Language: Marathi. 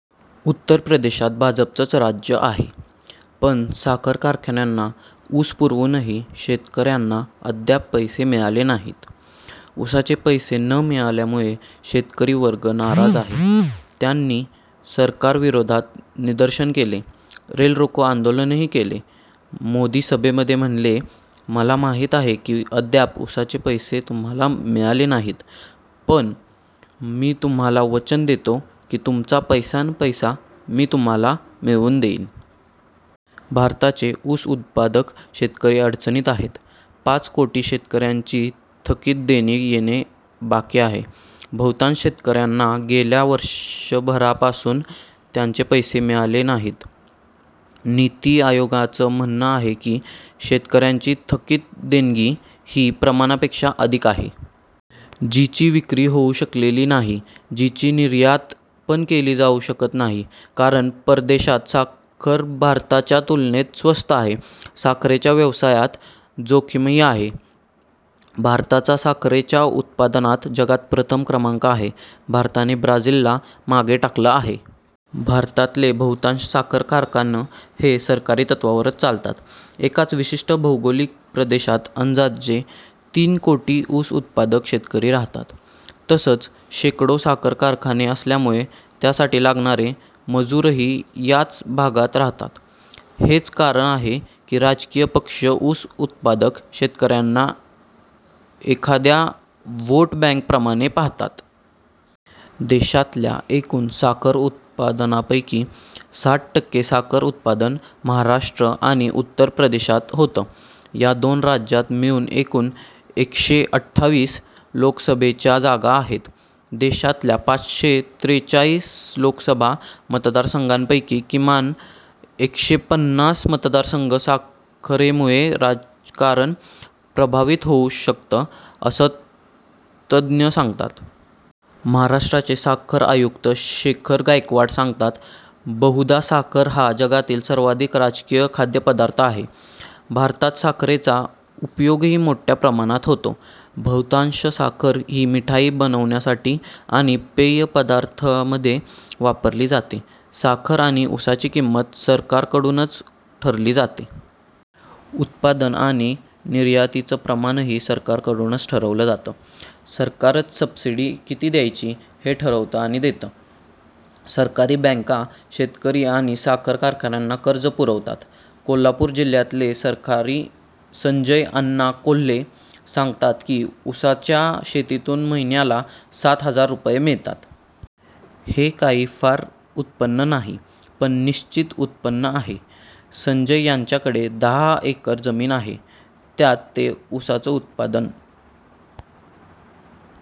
उत्तर प्रदेशात भाजपचंच राज्य आहे. पण साखर कारखान्यांना ऊस पुरवूनही शेतकऱ्यांना अद्याप पैसे मिळाले नाहीत. ऊसाचे पैसे न मिळाल्यामुळे शेतकरी वर्ग नाराज आहे. त्यांनी सरकारविरोधात निदर्शनं केली, रेलरोको आंदोलनही केलं. मोदी सभेमध्ये म्हणाले, मला माहीत आहे की अद्याप ऊसाचे पैसे तुम्हाला मिळाले नाहीत, पण मी तुम्हाला वचन देतो की तुमचा पैसा न पैसा मी तुम्हाला मिळवून देईन. भारताचे ऊस उत्पादक शेतकरी अडचणीत आहेत. पाच कोटी शेतकऱ्यांची थकीत देणी येणं बाकी आहेत. बहुतांश शेतकऱ्यांना गेल्या वर्षभरापासून त्यांचे पैसे मिळालेले नाहीत. नीती आयोगाचं म्हणणं आहे की शेतकऱ्यांची थकीत देणी ही प्रमाणापेक्षा अधिक आहे. जिची विक्री होऊ शकलेली नाही. जिची निर्यात पण केली जाऊ शकत नाही, कारण परदेशात साखर भारताच्या तुलनेत स्वस्त आहे. साखरेच्या व्यवसायात जोखीमही आहे. भारताचा साखरेच्या उत्पादनात जगात प्रथम क्रमांक आहे. भारताने ब्राझीलला मागे टाकलं आहे. भारतातले बहुतांश साखर कारखान हे सहकारी तत्त्वावरच चालतात. एकाच विशिष्ट भौगोलिक प्रदेशात अंदाजे तीन कोटी ऊस उत्पादक शेतकरी राहतात. तसंच शेकडो साखर कारखाने असल्यामुळे त्यासाठी लागणारे मजूरही याच भागात राहतात. हेच कारण आहे की राजकीय पक्ष ऊस उत्पादक शेतकऱ्यांना एखाद्या व्होट बॅंकेप्रमाणे पाहतात. देशातल्या एकूण साखर उत्पादनापैकी साठ टक्के साखर उत्पादन महाराष्ट्र आणि उत्तर प्रदेशात होतं. या दोन राज्यात मिळून एकूण एकशे अठ्ठावीस लोकसभेच्या जागा आहेत. देशातल्या पाचशे त्रेचाळीस लोकसभा मतदारसंघापैकी किमान एकशे पन्नास मतदारसंघात साखरेमुळे राजकारण प्रभावित होऊ शकतं असं तज्ज्ञ सांगतात. महाराष्ट्राचे साखर आयुक्त शेखर गायकवाड सांगतात, बहुधा साखर हा जगातील सर्वाधिक राजकीय खाद्यपदार्थ आहे. भारतात साखरेचा उपयोगही मोठ्या प्रमाणावर होतो. बहुतांश साखर ही मिठाई बनवण्यासाठी आणि पेय पदार्थांमध्ये वापरली जाते. साखर आणि ऊसाची किंमत सरकारकडूनच ठरवली जाते. उत्पादन आणि निर्यातीचं प्रमाणही सरकारकडूनच ठरवलं जातं. सरकारच सबसिडी किती द्यायचं हे ठरवतं आणि देतं. सरकारी बॅंका शेतकरी आणि साखर कारखान्यांना कर्ज पुरवतात. कोल्हापूर जिल्ह्यातले शेतकरी संजय अण्णा कोल्हे सांगतात की ऊसाच्या शेतीतून महिन्याला सात हजार रुपये मिळतात. हे काही फार उत्पन्न नाही, पण निश्चित उत्पन्न आहे. संजय यांच्याकडे दहा एकर जमीन आहे. त्यात ते ऊसाचं उत्पादन